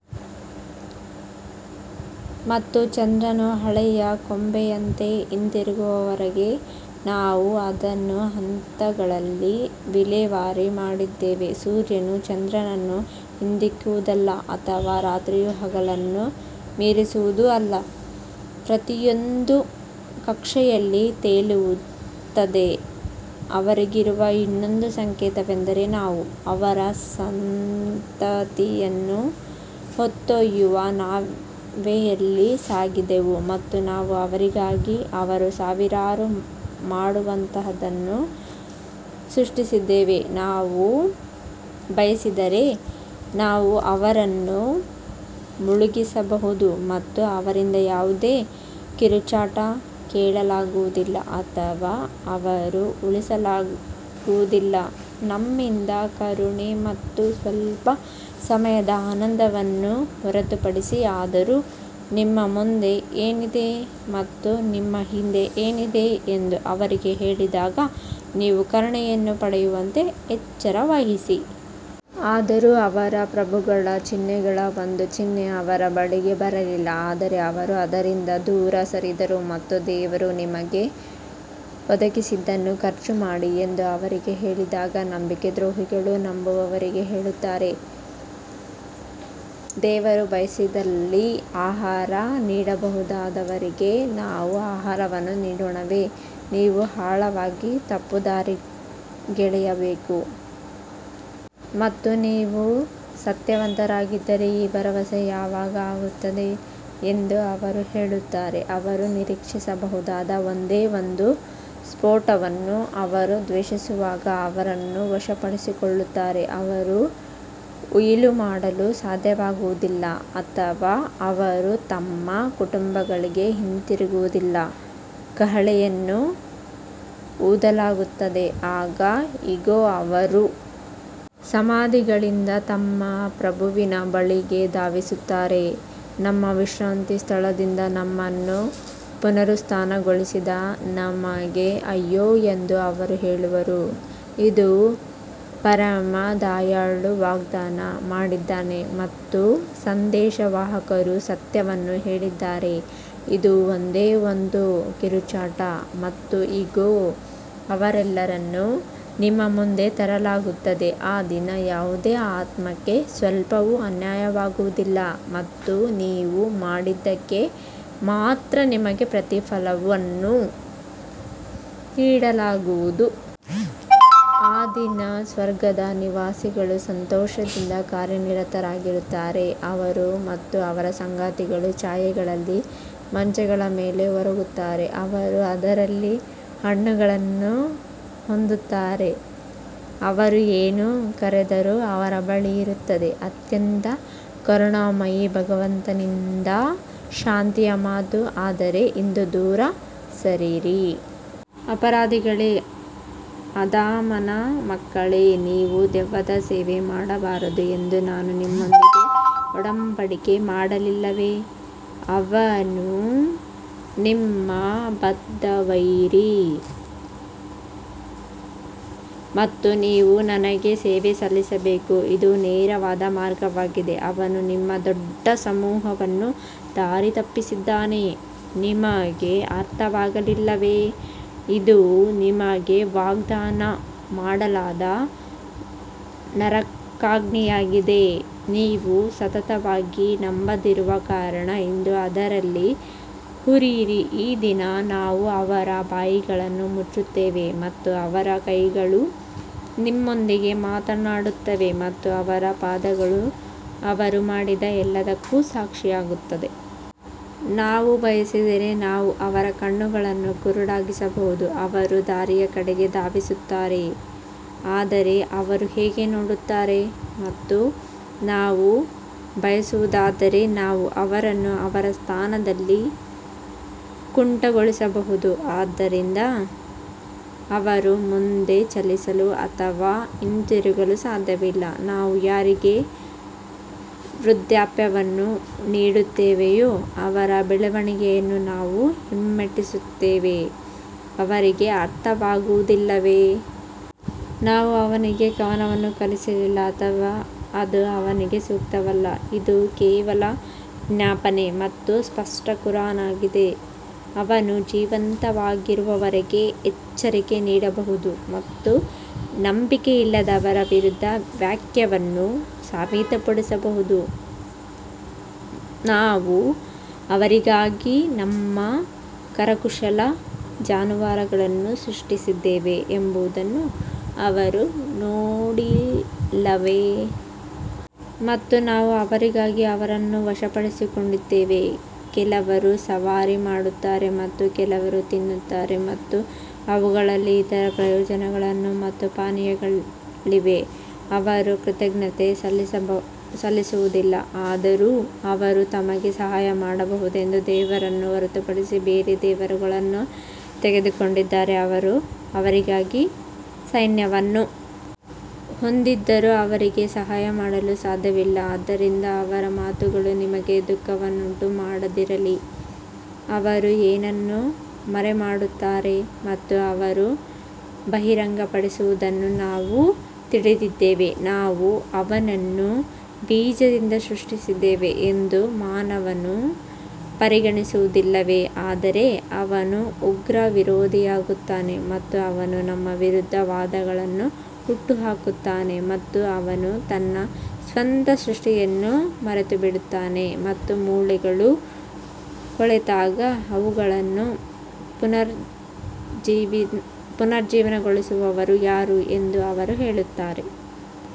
ಮತ್ತು ಚಂದ್ರನು ಹಳೆಯ ಕೊಂಬೆಯಂತೆ ಹಿಂತಿರುಗುವವರೆಗೆ ನಾವು ಅದನ್ನು ಹಂತಗಳಲ್ಲಿ ವಿಲೇವಾರಿ ಮಾಡಿದ್ದೇವೆ ಸೂರ್ಯನು ಚಂದ್ರನನ್ನು ಹಿಂದಿಕ್ಕುವುದಲ್ಲ ಅಥವಾ ರಾತ್ರಿಯು ಹಗಲನ್ನು ಮೀರಿಸುವುದು ಅಲ್ಲ, ಪ್ರತಿಯೊಂದೂ ಕಕ್ಷೆಯಲ್ಲಿ ತೇಲುತ್ತದೆ ಅವರಿಗಿರುವ ಇನ್ನೊಂದು ಸಂಕೇತವೆಂದರೆ ನಾವು ಅವರ ಸಂತತಿಯನ್ನು ಹೊತ್ತೊಯ್ಯುವ ನಾವೆಯಲ್ಲಿ ಸಾಗಿಸಿದೆವು ಮತ್ತು ನಾವು ಅವರಿಗಾಗಿ ಅವರು ಸವಾರಿ ಮಾಡುವಂತಹದನ್ನು ಸೃಷ್ಟಿಸಿದ್ದೇವೆ ನಾವು ಬಯಸಿದರೆ, ನಾವು ಅವರನ್ನು ಮುಳುಗಿಸಬಹುದು ಮತ್ತು ಅವರಿಂದ ಯಾವುದೇ ಕಿರುಚಾಟ ಕೇಳಲಾಗುವುದಿಲ್ಲ ಅಥವಾ ಅವರು ಉಳಿಸಲಾಗುವುದಿಲ್ಲ ನಮ್ಮಿಂದ ಕರುಣೆ ಮತ್ತು ಸ್ವಲ್ಪ ಸಮಯದ ಆನಂದವನ್ನು ಹೊರತುಪಡಿಸಿ ಆದರೂ ನಿಮ್ಮ ಮುಂದೆ ಏನಿದೆ ಮತ್ತು ನಿಮ್ಮ ಹಿಂದೆ ಏನಿದೆ ಎಂದು ಅವರಿಗೆ ಹೇಳಿದಾಗ ನೀವು ಕರುಣೆಯನ್ನು ಪಡೆಯುವಂತೆ ಎಚ್ಚರವಹಿಸಿ. ಆದರೂ ಅವರ ಪ್ರಭುಗಳ ಚಿಹ್ನೆಗಳ ಒಂದು ಚಿಹ್ನೆ ಅವರ ಬಳಿಗೆ ಬರಲಿಲ್ಲ ಆದರೆ ಅವರು ಅದರಿಂದ ದೂರ ಸರಿದರು ಮತ್ತು ದೇವರು ನಿಮಗೆ ಒದಗಿಸಿದ್ದನ್ನು ಖರ್ಚು ಮಾಡಿ ಎಂದು ಅವರಿಗೆ ಹೇಳಿದಾಗ ನಂಬಿಕೆ ದ್ರೋಹಿಗಳು ನಂಬುವವರಿಗೆ ಹೇಳುತ್ತಾರೆ, ದೇವರು ಬಯಸಿದಲ್ಲಿ ಆಹಾರ ನೀಡಬಹುದಾದವರಿಗೆ ನಾವು ಆಹಾರವನ್ನು ನೀಡೋಣವೇ ನೀವು ಆಳವಾಗಿ ತಪ್ಪುದಾರಿಗೆಳೆಯಬೇಕು. ಮತ್ತು ನೀವು ಸತ್ಯವಂತರಾಗಿದ್ದರೆ ಈ ಭರವಸೆ ಯಾವಾಗ ಆಗುತ್ತದೆ ಎಂದು ಅವರು ಹೇಳುತ್ತಾರೆ ಅವರು ನಿರೀಕ್ಷಿಸಬಹುದಾದ ಒಂದೇ ಒಂದು ಸ್ಫೋಟವನ್ನು ಅವರು ದ್ವೇಷಿಸುವಾಗ ಅವರನ್ನು ವಶಪಡಿಸಿಕೊಳ್ಳುತ್ತಾರೆ ಅವರು ಉಯಿಲು ಮಾಡಲು ಸಾಧ್ಯವಾಗುವುದಿಲ್ಲ ಅಥವಾ ಅವರು ತಮ್ಮ ಕುಟುಂಬಗಳಿಗೆ ಹಿಂತಿರುಗುವುದಿಲ್ಲ ಕಹಳೆಯನ್ನು ಊದಲಾಗುತ್ತದೆ ಆಗ ಇಗೋ ಅವರು ಸಮಾಧಿಗಳಿಂದ ತಮ್ಮ ಪ್ರಭುವಿನ ಬಳಿಗೆ ಧಾವಿಸುತ್ತಾರೆ ನಮ್ಮ ವಿಶ್ರಾಂತಿ ಸ್ಥಳದಿಂದ ನಮ್ಮನ್ನು ಪುನರುತ್ಥಾನಗೊಳಿಸಿದ ನಮಗೆ ಅಯ್ಯೋ ಎಂದು ಅವರು ಹೇಳುವರು, ಇದು ಪರಮ ದಯಾಳು ವಾಗ್ದಾನ ಮಾಡಿದ್ದಾನೆ ಮತ್ತು ಸಂದೇಶವಾಹಕರು ಸತ್ಯವನ್ನು ಹೇಳಿದ್ದಾರೆ ಇದು ಒಂದೇ ಒಂದು ಕಿರುಚಾಟ ಮತ್ತು ಇಗೋ ಅವರೆಲ್ಲರನ್ನೂ ನಮ್ಮ ಮುಂದೆ ತರಲಾಗುತ್ತದೆ ಆ ದಿನ ಯಾವುದೇ ಆತ್ಮಕ್ಕೆ ಸ್ವಲ್ಪವೂ ಅನ್ಯಾಯವಾಗುವುದಿಲ್ಲ ಮತ್ತು ನೀವು ಮಾಡಿದ್ದಕ್ಕೆ ಮಾತ್ರ ನಿಮಗೆ ಪ್ರತಿಫಲವನ್ನು ನೀಡಲಾಗುವುದು. ಆ ದಿನ ಸ್ವರ್ಗದ ನಿವಾಸಿಗಳು ಸಂತೋಷದಿಂದ ಕಾರ್ಯನಿರತರಾಗಿರುತ್ತಾರೆ ಅವರು ಮತ್ತು ಅವರ ಸಂಗಾತಿಗಳು ಛಾಯೆಗಳಲ್ಲಿ ಮಂಚಗಳ ಮೇಲೆ ಒರಗುತ್ತಾರೆ ಅವರು ಅದರಲ್ಲಿ ಹಣ್ಣುಗಳನ್ನು ಹೊಂದುತ್ತಾರೆ, ಅವರು ಏನು ಕರೆದರೂ ಅವರ ಬಳಿ ಇರುತ್ತದೆ ಅತ್ಯಂತ ಕರುಣಾಮಯಿ ಭಗವಂತನಿಂದ ಶಾಂತಿಯ ಮಾತು ಆದರೆ ಇಂದು ದೂರ ಸರಿಯಿರಿ ಅಪರಾಧಿಗಳೇ ಆದಾಮನ ಮಕ್ಕಳೇ, ನೀವು ದೆವ್ವದ ಸೇವೆ ಮಾಡಬಾರದು ಎಂದು ನಾನು ನಿಮ್ಮೊಂದಿಗೆ ಒಡಂಬಡಿಕೆ ಮಾಡಲಿಲ್ಲವೇ, ಅವನು ನಿಮ್ಮ ಬದ್ಧ ವೈರಿ ಮತ್ತು ನೀವು ನನಗೆ ಸೇವೆ ಸಲ್ಲಿಸಬೇಕು ಇದು ನೇರವಾದ ಮಾರ್ಗವಾಗಿದೆ ಅವನು ನಿಮ್ಮ ದೊಡ್ಡ ಸಮೂಹವನ್ನು ದಾರಿತಪ್ಪಿಸಿದ್ದಾನೆ ನಿಮಗೆ ಅರ್ಥವಾಗಲಿಲ್ಲವೇ ಇದು ನಿಮಗೆ ವಾಗ್ದಾನ ಮಾಡಲಾದ ನರಕಾಗ್ನಿಯಾಗಿದೆ ನೀವು ಸತತವಾಗಿ ನಂಬದಿರುವ ಕಾರಣ ಇಂದು ಅದರಲ್ಲಿ ಹುರಿಯಿರಿ ಈ ದಿನ ನಾವು ಅವರ ಬಾಯಿಗಳನ್ನು ಮುಚ್ಚುತ್ತೇವೆ ಮತ್ತು ಅವರ ಕೈಗಳು ನಮ್ಮೊಂದಿಗೆ ಮಾತನಾಡುತ್ತವೆ ಮತ್ತು ಅವರ ಪಾದಗಳು ಅವರು ಮಾಡಿದ ಎಲ್ಲದಕ್ಕೂ ಸಾಕ್ಷಿಯಾಗುತ್ತವೆ. ನಾವು ಬಯಸಿದರೆ ನಾವು ಅವರ ಕಣ್ಣುಗಳನ್ನು ಕುರುಡಾಗಿಸಬಹುದು ಅವರು ದಾರಿಯ ಕಡೆಗೆ ಧಾವಿಸುತ್ತಾರೆ ಆದರೆ ಅವರು ಹೇಗೆ ನೋಡುತ್ತಾರೆ ಮತ್ತು ನಾವು ಬಯಸುವುದಾದರೆ ನಾವು ಅವರನ್ನು ಅವರ ಸ್ಥಾನದಲ್ಲಿ ಕುಂಟಗೊಳಿಸಬಹುದು, ಆದ್ದರಿಂದ ಅವರು ಮುಂದೆ ಚಲಿಸಲು ಅಥವಾ ಹಿಂತಿರುಗಲು ಸಾಧ್ಯವಿಲ್ಲ ನಾವು ಯಾರಿಗೆ ವೃದ್ಧಾಪ್ಯವನ್ನು ನೀಡುತ್ತೇವೆಯೋ ಅವರ ಬೆಳವಣಿಗೆಯನ್ನು ನಾವು ಹಿಮ್ಮೆಟ್ಟಿಸುತ್ತೇವೆ ಅವರಿಗೆ ಅರ್ಥವಾಗುವುದಿಲ್ಲವೇ? ನಾವು ಅವನಿಗೆ ಕವನವನ್ನು ಕಲಿಸಲಿಲ್ಲ ಅಥವಾ ಅದು ಅವನಿಗೆ ಸೂಕ್ತವಲ್ಲ, ಇದು ಕೇವಲ ಜ್ಞಾಪನೆ ಮತ್ತು ಸ್ಪಷ್ಟ ಕುರಾನ್ ಆಗಿದೆ ಅವನು ಜೀವಂತವಾಗಿರುವವರಿಗೆ ಎಚ್ಚರಿಕೆ ನೀಡಬಹುದು ಮತ್ತು ನಂಬಿಕೆಯಿಲ್ಲದವರ ವಿರುದ್ಧ ವಾಕ್ಯವನ್ನು ಸಾಬೀತುಪಡಿಸಬಹುದು ನಾವು ಅವರಿಗಾಗಿ ನಮ್ಮ ಕರಕುಶಲ ಜಾನುವಾರುಗಳನ್ನು ಸೃಷ್ಟಿಸಿದ್ದೇವೆ ಎಂಬುದನ್ನು ಅವರು ನೋಡಿಲ್ಲವೇ? ಮತ್ತು ನಾವು ಅವರಿಗಾಗಿ ಅವರನ್ನು ವಶಪಡಿಸಿಕೊಂಡಿದ್ದೇವೆ, ಕೆಲವರು ಸವಾರಿ ಮಾಡುತ್ತಾರೆ ಮತ್ತು ಕೆಲವರು ತಿನ್ನುತ್ತಾರೆ ಮತ್ತು ಅವುಗಳಲ್ಲಿ ಇತರ ಪ್ರಯೋಜನಗಳು ಮತ್ತು ಪಾನೀಯಗಳಿವೆ, ಅವರು ಕೃತಜ್ಞತೆ ಸಲ್ಲಿಸುವುದಿಲ್ಲ ಆದರೂ ಅವರು ತಮಗೆ ಸಹಾಯ ಮಾಡಬಹುದೆಂದು ದೇವರನ್ನು ಹೊರತುಪಡಿಸಿ ಬೇರೆ ದೇವರುಗಳನ್ನು ತೆಗೆದುಕೊಂಡಿದ್ದಾರೆ ಅವರು ಅವರಿಗಾಗಿ ಸೈನ್ಯವನ್ನು ಹೊಂದಿದ್ದರೂ ಅವರಿಗೆ ಸಹಾಯ ಮಾಡಲು ಸಾಧ್ಯವಿಲ್ಲ ಆದ್ದರಿಂದ ಅವರ ಮಾತುಗಳು ನಿಮಗೆ ದುಃಖವನ್ನುಂಟು ಮಾಡದಿರಲಿ, ಅವರು ಏನನ್ನು ಮರೆಮಾಡುತ್ತಾರೆ ಮತ್ತು ಅವರು ಬಹಿರಂಗಪಡಿಸುವುದನ್ನು ನಾವು ತಿಳಿದಿದ್ದೇವೆ ನಾವು ಅವನನ್ನು ಬೀಜದಿಂದ ಸೃಷ್ಟಿಸಿದ್ದೇವೆ ಎಂದು ಮಾನವನು ಪರಿಗಣಿಸುವುದಿಲ್ಲವೇ ಆದರೆ ಅವನು ಉಗ್ರ ವಿರೋಧಿಯಾಗುತ್ತಾನೆ ಮತ್ತು ಅವನು ನಮ್ಮ ವಿರುದ್ಧ ವಾದಗಳನ್ನು ಹುಟ್ಟುಹಾಕುತ್ತಾನೆ ಮತ್ತು ಅವನು ತನ್ನ ಸ್ವಂತ ಸೃಷ್ಟಿಯನ್ನು ಮರೆತುಬಿಡುತ್ತಾನೆ ಮತ್ತು ಮೂಳೆಗಳು ಕೊಳೆತಾಗ ಅವುಗಳನ್ನು ಪುನರುಜ್ಜೀವನಗೊಳಿಸುವವರು ಯಾರು ಎಂದು ಅವರು ಹೇಳುತ್ತಾರೆ.